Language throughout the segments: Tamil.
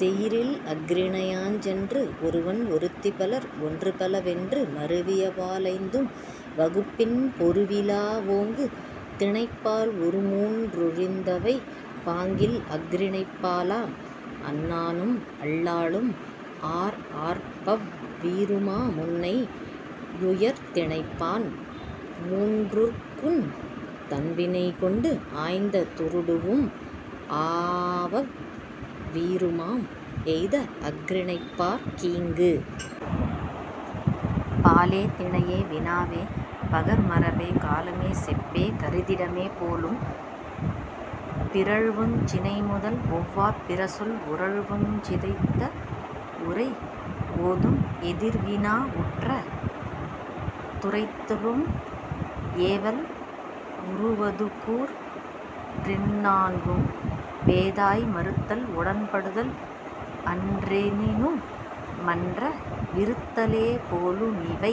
செயிரில் அஃறிணையாஞ் சென்று. ஒருவன் ஒருத்திபலர் ஒன்றுபல வென்று மருவியபா லைந்தும் வகுப்பின் பொருவிலா வோங்கு திணைப்பால் ஒருமூன் றொழிந்தவை பாங்கில் அஃறிணைப்பா லாம். அன்னானும் அள்ளாளும் அர்ஆர்பவ் வீறுமா முன்னை யுயர்திணைப்பான் மூன்றற்குந் தன்வினைகொண்டு ஆய்ந்த துறுடுவும் அஆவவ் வீறுமாம் எய்த அஃறிணைப்பாற் கீங்கு. பாலே திணையே வினாவே பகர்மரபே காலமே செப்பே கருதிடமே போலும் பிறழ்வுஞ் சினைமுதல் ஒவ்வாப் பிறசொல் உறழ்வுஞ் சிதைந்த வுரை. ஓதும் எதிர்வினா உற்ற துரைத்தலும் ஏவல் உறுவதுகூற் றிந்நான்கும் பேதாய் மறுத்தல் உடன்படுதல் அன்றெனினு மன்ற விறுத்தலே போலு மிவை.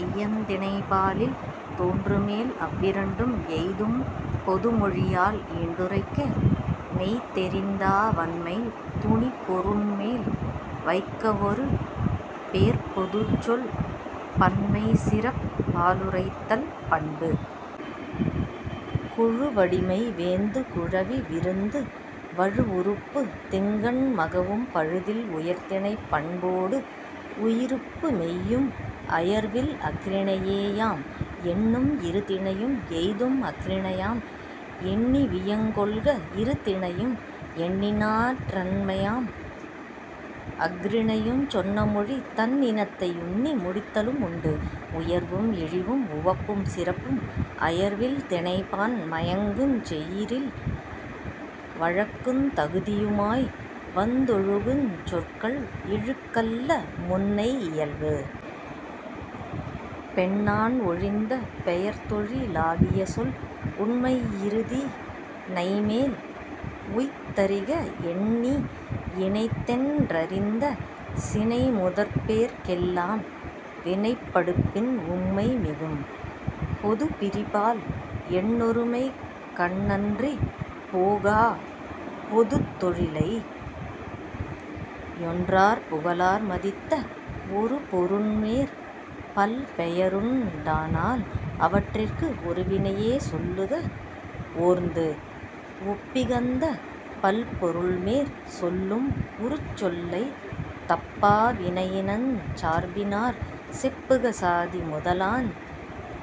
ஐயந் திணைபாலில் தோன்றுமேல் அவ்விரண்டும் எய்தும் பொதுமொழியால் ஈண்டுரைக்க மெய்தெரிந்தா வன்மை துணிபொருண்மேல் வைக்கவொரு பேர்ப்பொதுச்சொல் பன்மைசிறப் பாலுரைத்தல் பண்பு. குழுவடிமை வேந்து குழவி விருந்து வழுவுறுப்புத் திங்கண் மகவும் பழுதில் உயர்திணைப் பண்போடு உயிருப்பு மெய்யும் அயர்வில் அஃறிணையே யாம். எண்ணும் இருதிணையும் எய்தும் அஃறிணையாம் எண்ணிவியங் கொள்க இருதிணையும் எண்ணினாற் றன்மையாம் அஃறிணையுஞ் சொன்னமொழி தன்னினத்தை யுன்னி முடித்தலு முண்டு. உயர்வும் இழிவும் உவப்பும் சிறப்பும் அயர்வில் திணைபான் மயங்குஞ் செயிரில் வழக்குந் தகுதியுமாய் வந்தொழுகுஞ் சொற்கள் இழுக்கல்ல முன்னை இயல்பு. பெண்ணான் ஒழிந்த பெயர்தொழி லாகியசொல் உண்மை யிருதிணைமேல் உய்த்தறிக எண்ணி யினைத்தென் றறிந்த சினைமுதற்பேர்க் கெல்லாம் வினைப்படுப்பின் உம்மை மிகும். பொதுபிரிபால் எண்ணொருமைக் கண்ணன்றிப் போகா பொதுத்தொழிலை யொன்றாற் புகலார் மதித்த ஒருபொருண்மேற் பல்பெயருண் டானால் அவற்றிற்கு ஒருவினையே சொல்லுக ஓர்ந்து. ஒப்பிகந்த பல்பொருள்மேற் சொல்லும் உருசொல்லைத் தப்பா வினையினஞ் சார்பினாற் செப்புக சாதி முதலாஞ்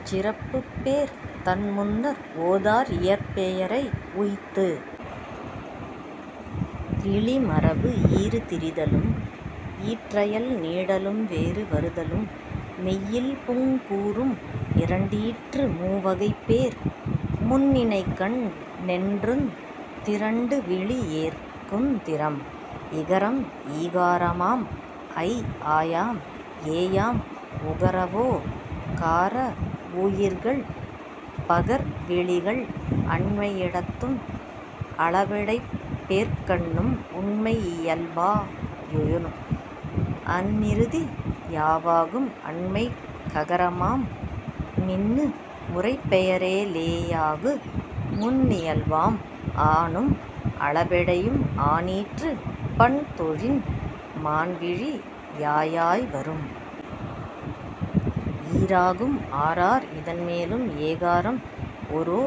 சிறப்புப்பேர் தன்முன்னர் ஓதார் இயற்பெயரை உய்த்து. விளி மரபு ஈறு திரிதலும் ஈற்றயல் நீடலும் வேறு வருதலும் மெய்யில்புங் கூறும் இரண்டீற்று மூவகைப்பேர் முன்னிைக்கண் ணென்றுந் திரண்டுவிளி யேற்குந் திறம். இகரம் ஈகாரமாம் ஐஆயாம் ஏயாம் உகரவோ கார வுயிர்கள் பகர்விளிகள் அண்மை யிடத்தும் அளபெடைப் பேர்க்கண்ணும் உண்மை யியல்பா யுறும். அன்னிறுதி யாவாகும் அண்மைக் ககரமாம் மின்னு முறைப்பெயரே லேயாகு முன்னியல்பாம் ஆனும் அளபெடையும் ஆனீற்று பண்புதொழின் மான்விழி யாயாய் வரும். ஈராகும் அர்ஆர் இதன்மேலும் ஏகாரம் ஒரோ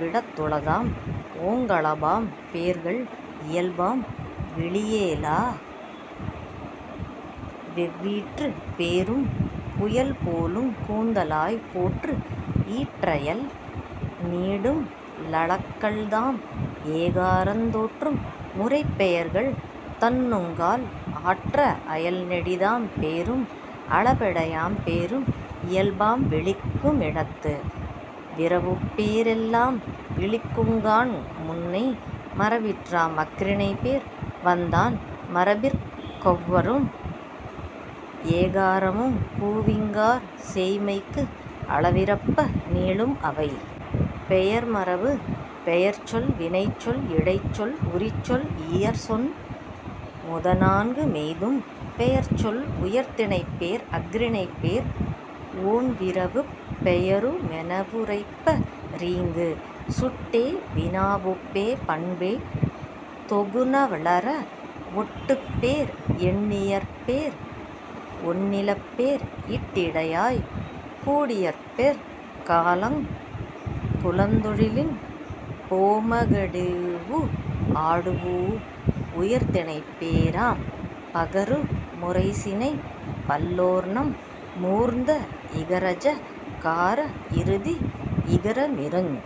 விடத்துளதாம் ஓங்களபாம் பேர்கள் இயல்பாம் விளியேலா வெவ்வீற்றுப் பேரும் புயல்போலுங் கூந்தலாய் போற்று. ஈற்றயல் நீடும் லளக்கள்தாம் ஏகாரந் தோற்றும் முறைப்பெயர்கள் துன்னுங்கால் ஆற்ற அயல்நெடிதாம் பேரும் அளபெடையாம் பேரும் இயல்பாம் விளிக்கு மிடத்து. விரவுப்பே ரெல்லாம் விளிக்குங்கான் முன்னை மரபிற்றாம் அஃறிணைபேர் வந்தான் மரபிற் கொளவரும் ஏகாரமுங் கூவிங்காற் சேய்மைக்கு அளவிறப்ப நீளும் அவை.. பெயர் மரபு பெயர்ச்சொல் வினைச்சொல் இடைச்சொல் உரிச்சொல் இயற்சொன் முதனான்கு மெய்தும் பெயர்ச்சொல் உயர்திணைப்பேர் அஃறிணைப்பேர் ஒண்விரவுப் பெயரு மெனவுரைப்ப ரீங்கு. சுட்டே வினாவொப்பே பண்பே தொகுனளர வொட்டுப்பேர் எண்ணியற்பேர் ஒண்ணிலப்பேர் இட்டிடையாய் கூடியற்பெர் காலங் குலந்தொழிலின் போமகடூஉ ஆடூஉ உயர்திணைப்பே ராம். பகரு முறைசினைப் பல்லோர்நம் மூர்ந்த இகரஐ கார இறுதி இகரமிறுஞ்।